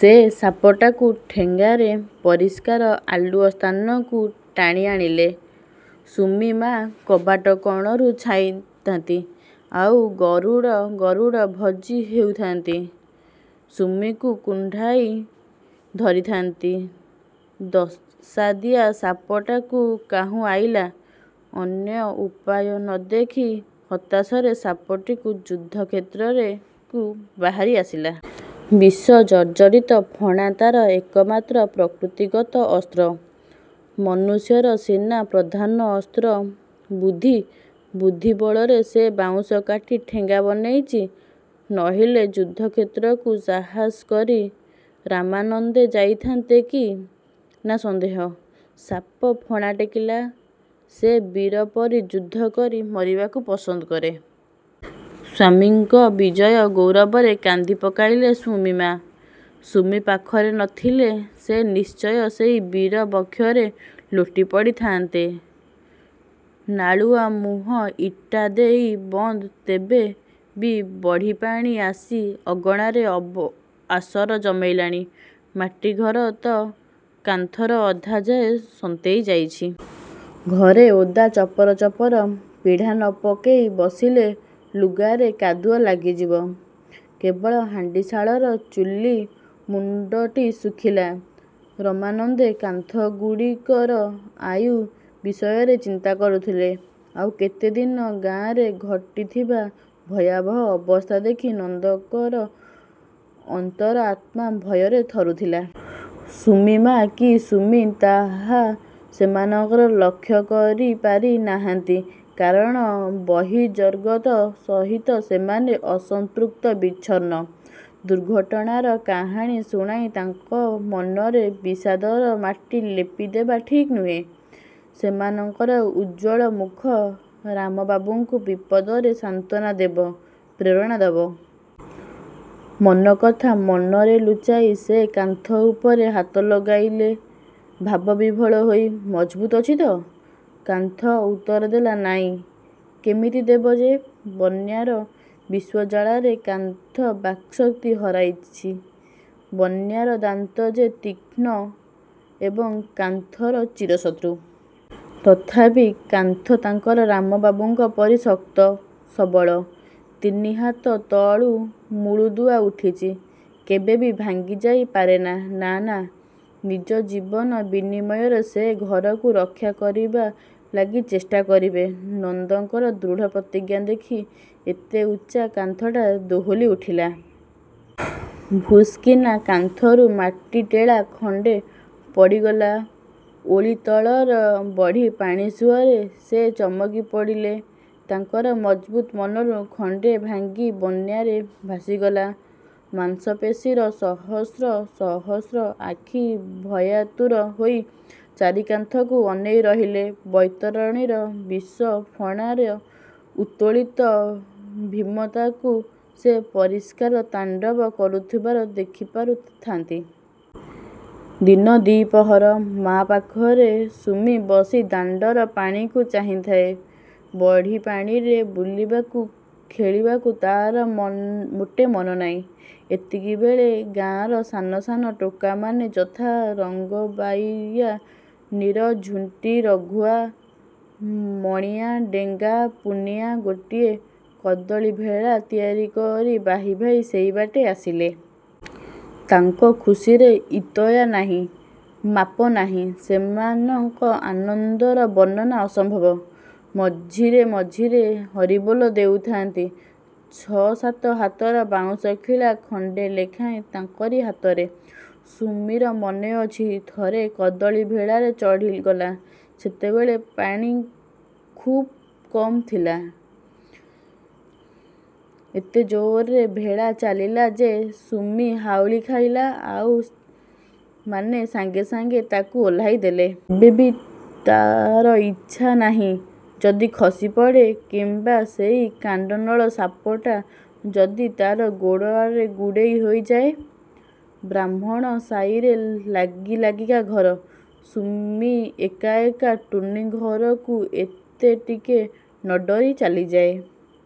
ସେ ସାପଟାକୁ ଠେଙ୍ଗାରେ ପରିଷ୍କାର ଆଲୁଅ ସ୍ଥାନକୁ ଟାଣି ଆଣିଲେ। ସୁମି ମା କବାଟ କଣରୁ ଚାହିଁଥାନ୍ତି, ଆଉ ଗରୁଡ଼ ଗରୁଡ଼ ଭଜି ହେଉଥାନ୍ତି। ସୁମିକୁ କୁଣ୍ଢାଇ ଧରିଥାନ୍ତି। ଦଶାଦିଆ ସାପଟା କାହୁଁ ଅଇଲା। ଅନ୍ୟ ଉପାୟ ନ ଦେଖି ହତାଶରେ ସାପଟି ଯୁଦ୍ଧକ୍ଷେତ୍ର ରେ କୁ ବାହାରି ଆସିଲା। ବିଷ ଜର୍ଜରିତ ଫଣା ତାର ଏକମାତ୍ର ପ୍ରକୃତିଗତ ଅସ୍ତ୍ର। ମନୁଷ୍ୟର ସିନା ପ୍ରଧାନ ଅସ୍ତ୍ର ବୁଦ୍ଧି–ବୁଦ୍ଧି ବଳରେ ସେ ବାଉଁଶ କାଟି ଠେଙ୍ଗା ବନେଇଚି। ନଇଲେ ଯୁଦ୍ଧକ୍ଷେତ୍ରକୁ ସାହସ କରି ରାମାନନ୍ଦେ ଯାଇଥାନ୍ତେ କି ନା ସନ୍ଦେହ। ସାପ ଫଣା ଟେକିଲା। ସେ ବୀର ପରି ଯୁଦ୍ଧକରି ମରିବାକୁ ପସନ୍ଦ କରେ। ସ୍ୱାମୀଙ୍କ ବିଜୟ ଗୌରବରେ କାନ୍ଦି ପକେଇଲେ ସୁମି ମା। ସୁମି ପାଖରେ ନଥିଲେ ସେ ନିଶ୍ଚୟ ସେଇ ବୀର ବକ୍ଷରେ ଲୋଟି ପଡ଼ିଥାନ୍ତେ। ନାଳୁଆମୁହଁ ଇଟା ଦେଇ ବନ୍ଦ। ତେବେ ବି ବଢ଼ିପାଣି ଆସି ଅଗଣାରେ ଆସର ଜମେଇଲାଣି। ମାଟି ଘର ତ। କାନ୍ଥର ଅଧାଯାଏଁ ସନ୍ତେଇ ଯାଇଚି। ଘରେ ଓଦା ଚପର ଚପର। ପିଢ଼ା ନ ପକେଇ ବସିଲେ ଲୁଗାରେ କାଦୁଅ ଲାଗିଯିବ। କେବଳ ହାଣ୍ଡିଶାଳର ଚୁଲି ମୁଣ୍ଡଟି ଶୁଖିଲା-। ରାମାନନ୍ଦେ କାନ୍ଥଗୁଡ଼ିକର ଆୟୁ ବିଷୟରେ ଚିନ୍ତା କରୁଥିଲେ। ଆଉ କେତେଦିନ। ଗାଁରେ ଘଟିଥିବା ଭୟାବହ ଅବସ୍ଥା ଦେଖି ନନ୍ଦଙ୍କର ଅନ୍ତର ଆତ୍ମା ଭୟରେ ଥରୁଥିଲା। ସୁମି ମା କି ସୁମି ତାହା ସେମାନଙ୍କ ଲକ୍ଷ୍ୟ କରିପାରି ନାହାନ୍ତି। କାରଣ ବହିର୍ଜଗତ ସହିତ ସେମାନେ ଅସଂପୃକ୍ତ, ବିଚ୍ଛିନ୍ନ। ଦୁର୍ଘଟଣାର କାହାଣୀ ଶୁଣାଇ ତାଙ୍କ ମନରେ ବିଷାଦର ମାଟି ଲେପି ଦେବା ଠିକ୍ ନୁହେଁ। ସେମାନଙ୍କର ଉଜ୍ଜ୍ୱଳ ମୁଖ ରାମବାବୁଙ୍କୁ ବିପଦରେ ସାନ୍ତ୍ୱନା ଦେବ, ପ୍ରେରଣା ଦେବ। ମନ କଥା ମନରେ ଲୁଚେଇ ସେ କାନ୍ଥ ଉପରେ ହାତ ଲଗାଇଲେ ଭାବ ବିହ୍ୱଳ ହୋଇ। ମଜବୁତ ଅଛି ତ? କାନ୍ଥ ଉତ୍ତର ଦେଲା ନାଇଁ। କେମିତି ଦେବ ଯେ? ବନ୍ୟାର ବିଷ ଜ୍ୱାଳାରେ କାନ୍ଥ ବାକ୍ଶକ୍ତି ହରାଇଚି; ବନ୍ୟାର ଦାନ୍ତ ଯେ ତୀକ୍ଷଣ ଏବଂ କାନ୍ଥର ଚିରଶତ୍ରୁ। ତଥାପି, କାନ୍ଥ ତାଙ୍କର ରାମବାବୁଙ୍କ ପରି ଶକ୍ତ, ସବଳ। ତିନିହାତ ତଳୁ ମୂଳଦୁଆ ଉଠିଛି–କେବେ ଭାଙ୍ଗି ଯାଇ ପାରେନା। ନା ନା। ନିଜ ଜୀବନ ବିନିମୟରେ ସେ ଘରକୁ ରକ୍ଷା କରିବା ଲାଗି ଚେଷ୍ଟା କରିବେ। ନନ୍ଦଙ୍କର ଦୃଢ଼ ପ୍ରତିଜ୍ଞା ଦେଖି ଏତେ ଉଚ୍ଚା କାନ୍ଥଟା ଦୋହଲି ଉଠିଲା। ଭୁସ୍କିନା କାନ୍ଥରୁ ମାଟି ଟେଳା ଖଣ୍ଡେ ପଡ଼ିଗଲା ଓଳି ତଳର ବଢ଼ିପାଣି ସୁଅରେ। ସେ ଚମକି ପଡ଼ିଲେ। ତାଙ୍କ ମଜ୍ବୁତ ମନରୁ ଖଣ୍ଡେ ଭାଙ୍ଗି ବନ୍ୟାରେ ଭାସିଗଲା। ମାଂସପେଶୀର ସହସ୍ର ସହସ୍ର ଆଖି ଭୟାତୁର ହୋଇ ଚାରିକାନ୍ଥକୁ ଅନେଇ ରହିଲେ। ବୈତରଣୀର ବିଷ ଫଣାର ଉତ୍ତୋଳିତ ଭୀମତାକୁ ସେ ପରିଷ୍କାର ତାଣ୍ଡବ କରୁଥିବାର ଦେଖିପାରୁଥାନ୍ତି। ଦିନ ଦି-ପହର। ମା' ପାଖରେ ସୁମି ବସି ଦାଣ୍ଡର ପାଣିକୁ ଚାହିଁଥାଏ। ବଢ଼ିପାଣିରେ ବୁଲିବାକୁ ଖେଳିବାକୁ ତାର ମ ମୋଟେ ମନନାଇଁ। ଏତିକିବେଳେ ଗାଁର ସାନ, ସାନ ଟୋକାମାନେ ଯଥା–ରଙ୍କବାଇଆ, ନୀର, ଝିଣ୍ଟ, ରଘୁଆ ମଣିଆ, ଡେଙ୍ଗା, ପୁନିଆ ଗୋଟାଏ କଦଳୀ ଭେଳା ତିଆରି କରି ବାହି ବାହି ସେଇବାଟେ ଆସିଲେ। ତାଙ୍କ ଖୁସିରେ ଇୟତ୍ତା ନାଇଁ, ମାପନାଇଁ। ସେମାନଙ୍କ ଆନନ୍ଦର ବର୍ଣ୍ଣନା ଅସମ୍ଭବ। ମଝିରେ ମଝିରେ ହରିବୋଲ ଦେଉଥାନ୍ତି। ଛ-ସାତ ହାତର ବାଉଁଶ କିଳା ଖଣ୍ଡେ ଲେଖାଁ ତାଙ୍କରି ହାତରେ। ସୁମିର ମନେଅଛି–ଥରେ କଦଳୀ ଭେଳାରେ ଚଢ଼ିଗଲା। ସେତେବେଳେ ପାଣି ଥିଲା ଖୁବ୍ କମ୍। ଏତେ ଜୋରରେ ଭେଳା ଚାଲିଲା ଯେ, ସୁମି ହାଉଳି ଖାଇଲା, ଆଉମାନେ ସାଙ୍ଗେ ସାଙ୍ଗେ ତାକୁ ଓହ୍ଲେଇ ଦେଲେ। ଏବେ ବି ତାର ଇଚ୍ଛା ନାହିଁ। ଯଦି ଖସିପଡ଼େ? କିମ୍ବା ସେଇ କାଣ୍ଡନଳ ସାପଟା ଯଦି ତାରି ଗୋଡ଼ରେ ଗୁଡ଼େଇ ହୋଇଯାଏ? ବ୍ରାହ୍ମଣ ସାଇରେ ଲାଗି-ଲାଗିକା ଘର। ସୁମି ଏକା ଏକା ଟୁନୀ ଘରକୁ ଏତେ ଟିକେ ନଡରି ଚାଲିଯାଏ।